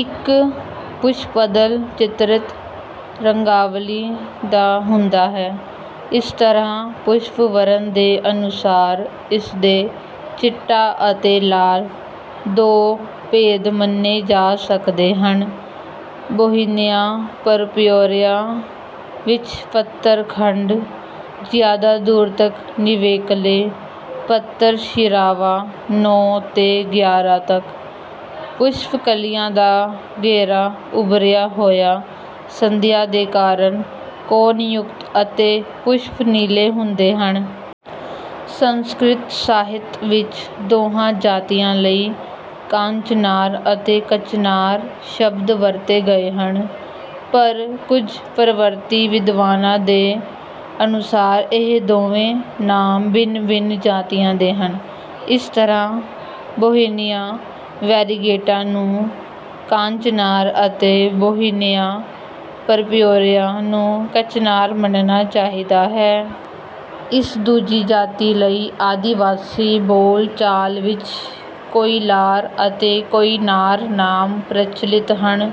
ਇੱਕ ਪੁਸ਼ਪਦਲ ਚਿੱਤਰਿਤ ਰੰਗਾਵਲੀ ਦਾ ਹੁੰਦਾ ਹੈ। ਇਸ ਤਰ੍ਹਾਂ ਪੁਸ਼ਪ ਵਰਣ ਦੇ ਅਨੁਸਾਰ ਇਸ ਦੇ ਚਿੱਟਾ ਅਤੇ ਲਾਲ—ਦੋ ਭੇਦ ਮੰਨੇ ਜਾ ਸਕਦੇ ਹਨ। ਬੌਹੀਨਿਆ ਪਰਪਿਊਰਿਆ ਵਿੱਚ ਪੱਤਰ-ਖੰਡ ਜ਼ਿਆਦਾ ਦੂਰ ਤੱਕ ਨਿਵੇਕਲੇ, ਪੱਤਰ-ਸ਼ਿਰਾਵਾਂ ਨੌ ਤੋਂ ਗਿਆਰਾਂ ਤੱਕ, ਪੁਸ਼ਪ ਕਲੀਆਂ ਦਾ ਘੇਰਾ ਉਭਰੀਆਂ ਹੋਈਆਂ ਸੰਧੀਆਂ ਦੇ ਕਾਰਨ ਕੋਣਯੁਕਤ ਅਤੇ ਪੁਸ਼ਪ ਨੀਲੇ ਹੁੰਦੇ ਹਨ। ਸੰਸਕ੍ਰਿਤ ਸਾਹਿਤ ਵਿੱਚ ਦੋਹਾਂ ਜਾਤੀਆਂ ਲਈ 'ਕਾਂਚਨਾਰ' ਅਤੇ 'ਕਚਨਾਰ' ਸ਼ਬਦ ਵਰਤੇ ਗਏ ਹਨ, ਪਰ ਕੁਝ ਪਰਵਰਤੀ ਵਿਦਵਾਨਾਂ ਦੇ ਅਨੁਸਾਰ ਇਹ ਦੋਵੇਂ ਨਾਮ ਭਿੰਨ-ਭਿੰਨ ਜਾਤੀਆਂ ਦੇ ਹਨ। ਇਸ ਤਰ੍ਹਾਂ ਬੌਹੀਨਿਆ ਵੈਰੀਗੇਟਾ ਨੂੰ ਕਾਂਚਨਾਰ ਅਤੇ ਬੌਹੀਨਿਆ ਪਰਪਿਊਰਿਆ ਨੂੰ ਕਚਨਾਰ ਮੰਨਣਾ ਚਾਹੀਦਾ ਹੈ। ਇਸ ਦੂਜੀ ਜਾਤੀ ਲਈ ਆਦਿਵਾਸੀ ਬੋਲ-ਚਾਲ ਵਿੱਚ 'ਕੋਇਲਾਰ' ਅਤੇ 'ਕੋਇਨਾਰ' ਨਾਮ ਪ੍ਰਚਲਿਤ ਹਨ,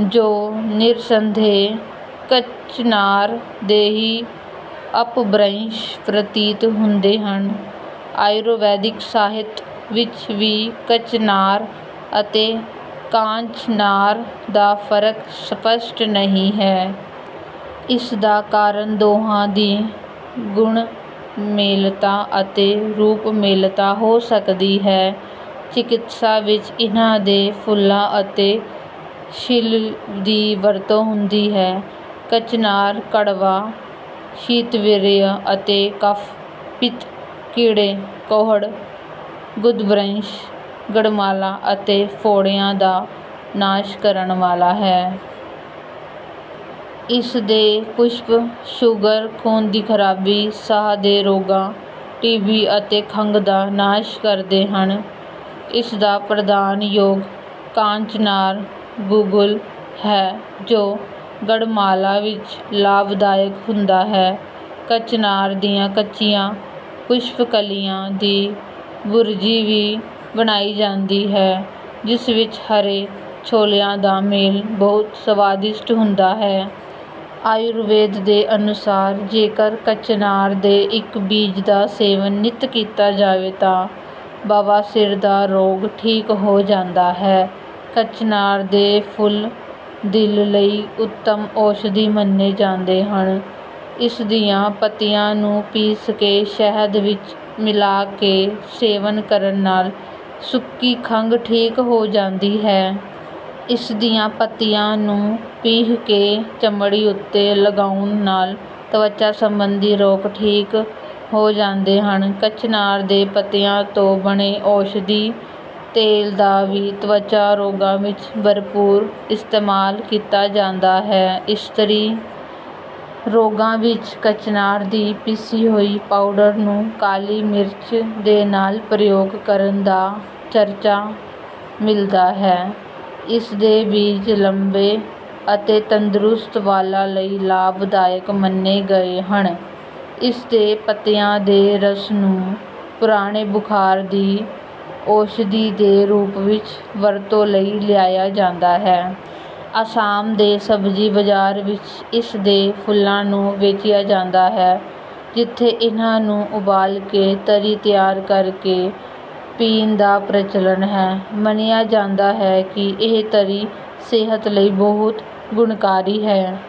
ਜੋ ਨਿਰਸੰਦੇਹ ਕਚਨਾਰ ਦੇ ਹੀ ਅਪਭ੍ਰੰਸ਼ ਪ੍ਰਤੀਤ ਹੁੰਦੇ ਹਨ। ਆਯੁਰਵੈਦਿਕ ਸਾਹਿਤ ਵਿੱਚ ਵੀ ਕਚਨਾਰ ਅਤੇ ਕਾਂਚਨਾਰ ਦਾ ਫ਼ਰਕ ਸਪੱਸ਼ਟ ਨਹੀਂ ਹੈ। ਇਸ ਦਾ ਕਾਰਨ ਦੋਹਾਂ ਦੀ ਗੁਣਮੇਲਤਾ ਅਤੇ ਰੂਪਮੇਲਤਾ ਹੋ ਸਕਦੀ ਹੈ। ਚਿਕਿਤਸਾ ਵਿੱਚ ਇਨ੍ਹਾਂ ਦੇ ਫੁੱਲਾਂ ਅਤੇ ਛਿੱਲ ਦੀ ਵਰਤੋਂ ਹੁੰਦੀ ਹੈ। ਕਚਨਾਰ ਕੜਵਾ, ਸ਼ੀਤਵੀਰਯ ਅਤੇ ਕਫ਼, ਪਿੱਤ, ਕੀੜੇ, ਕੋਹੜ, ਗੁਦਭ੍ਰੰਸ਼, ਗੰਡਮਾਲਾ ਅਤੇ ਫੋੜਿਆਂ ਦਾ ਨਾਸ਼ ਕਰਨ ਵਾਲਾ ਹੈ। ਇਸ ਦੇ ਪੁਸ਼ਪ ਸ਼ੂਗਰ, ਖ਼ੂਨ ਦੀ ਖ਼ਰਾਬੀ, ਸਾਹ ਦੇ ਰੋਗਾਂ, ਟੀ.ਬੀ. ਅਤੇ ਖੰਘ ਦਾ ਨਾਸ਼ ਕਰਦੇ ਹਨ। ਇਸ ਦਾ ਪ੍ਰਧਾਨ ਯੋਗ 'ਕਾਂਚਨਾਰ ਗੁੱਗੁਲ' ਹੈ ਜੋ ਗੰਡਮਾਲਾ ਵਿੱਚ ਲਾਭਦਾਇਕ ਹੁੰਦਾ ਹੈ। ਕਚਨਾਰ ਦੀਆਂ ਕੱਚੀਆਂ ਪੁਸ਼ਪ-ਕਲੀਆਂ ਦੀ ਭੁਰਜੀ ਵੀ ਬਣਾਈ ਜਾਂਦੀ ਹੈ, ਜਿਸ ਵਿੱਚ ਹਰੇ ਛੋਲਿਆਂ ਦਾ ਮੇਲ ਬਹੁਤ ਸਵਾਦਿਸ਼ਟ ਹੁੰਦਾ ਹੈ। ਆਯੁਰਵੇਦ ਦੇ ਅਨੁਸਾਰ, ਜੇਕਰ ਕਚਨਾਰ ਦੇ ਇੱਕ ਬੀਜ ਦਾ ਸੇਵਨ ਨਿੱਤ ਕੀਤਾ ਜਾਵੇ ਤਾਂ ਬਵਾਸੀਰ ਦਾ ਰੋਗ ਠੀਕ ਹੋ ਜਾਂਦਾ ਹੈ। ਕਚਨਾਰ ਦੇ ਫੁੱਲਦਿਲ ਲਈ ਉੱਤਮ ਔਸ਼ਧੀ ਮੰਨੇ ਜਾਂਦੇ ਹਨ। ਇਸ ਦੀਆਂ ਪੱਤੀਆਂ ਨੂੰ ਪੀਸ ਕੇ ਸ਼ਹਿਦ ਵਿੱਚ ਮਿਲਾ ਕੇ ਸੇਵਨ ਕਰਨ ਨਾਲ ਸੁੱਕੀ ਖੰਘ ਠੀਕ ਹੋ ਜਾਂਦੀ ਹੈ। ਇਸ ਦੀਆਂ ਪੱਤੀਆਂ ਨੂੰ ਪੀਹ ਕੇ ਚਮੜੀ ਉੱਤੇ ਲਗਾਉਣ ਨਾਲ ਤਵਚਾ ਸੰਬੰਧੀ ਰੋਗ ਠੀਕ ਹੋ ਜਾਂਦੇ ਹਨ। ਕਚਨਾਰ ਦੇ ਪੱਤਿਆਂ ਤੋਂ ਬਣੇ ਔਸ਼ਧੀ ਤੇਲ ਦਾ ਵੀ ਤਵਚਾ ਰੋਗਾਂ ਵਿੱਚ ਭਰਪੂਰ ਇਸਤੇਮਾਲ ਕੀਤਾ ਜਾਂਦਾ ਹੈ। ਇਸਤਰੀ ਰੋਗਾਂ ਵਿੱਚ ਕਚਨਾਰ ਦੀ ਪੀਸੀ ਹੋਈ ਪਾਊਡਰ ਨੂੰ ਕਾਲੀ ਮਿਰਚ ਦੇ ਨਾਲ ਪ੍ਰਯੋਗ ਕਰਨ ਦਾ ਚਰਚਾ ਮਿਲਦਾ ਹੈ। ਇਸ ਦੇ ਬੀਜ ਲੰਬੇ ਅਤੇ ਤੰਦਰੁਸਤ ਵਾਲਾਂ ਲਈ ਲਾਭਦਾਇਕ ਮੰਨੇ ਗਏ ਹਨ। ਇਸ ਦੇ ਪੱਤਿਆਂ ਦੇ ਰਸ ਨੂੰ ਪੁਰਾਣੇ ਬੁਖ਼ਾਰ ਦੀ ਔਸ਼ਧੀ ਦੇ ਰੂਪ ਵਿੱਚ ਵਰਤੋਂ ਵਿੱਚ ਲਿਆਇਆ ਜਾਂਦਾ ਹੈ। ਆਸਾਮ ਦੇ ਸਬਜ਼ੀ ਬਾਜ਼ਾਰ ਵਿੱਚ ਇਸ ਦੇ ਫੁੱਲਾਂ ਨੂੰ ਵੇਚਿਆ ਜਾਂਦਾ ਹੈ, ਜਿੱਥੇ ਇਨ੍ਹਾਂ ਨੂੰ ਉਬਾਲ ਕੇ ਤਰੀ ਤਿਆਰ ਕਰ ਕੇ ਪੀਣ ਦਾ ਪ੍ਰਚਲਨ ਹੈ। ਮੰਨਿਆ ਜਾਂਦਾ ਹੈ ਕਿ ਇਹ ਤਰੀ ਸਿਹਤ ਲਈ ਬਹੁਤ ਗੁਣਕਾਰੀ ਹੈ।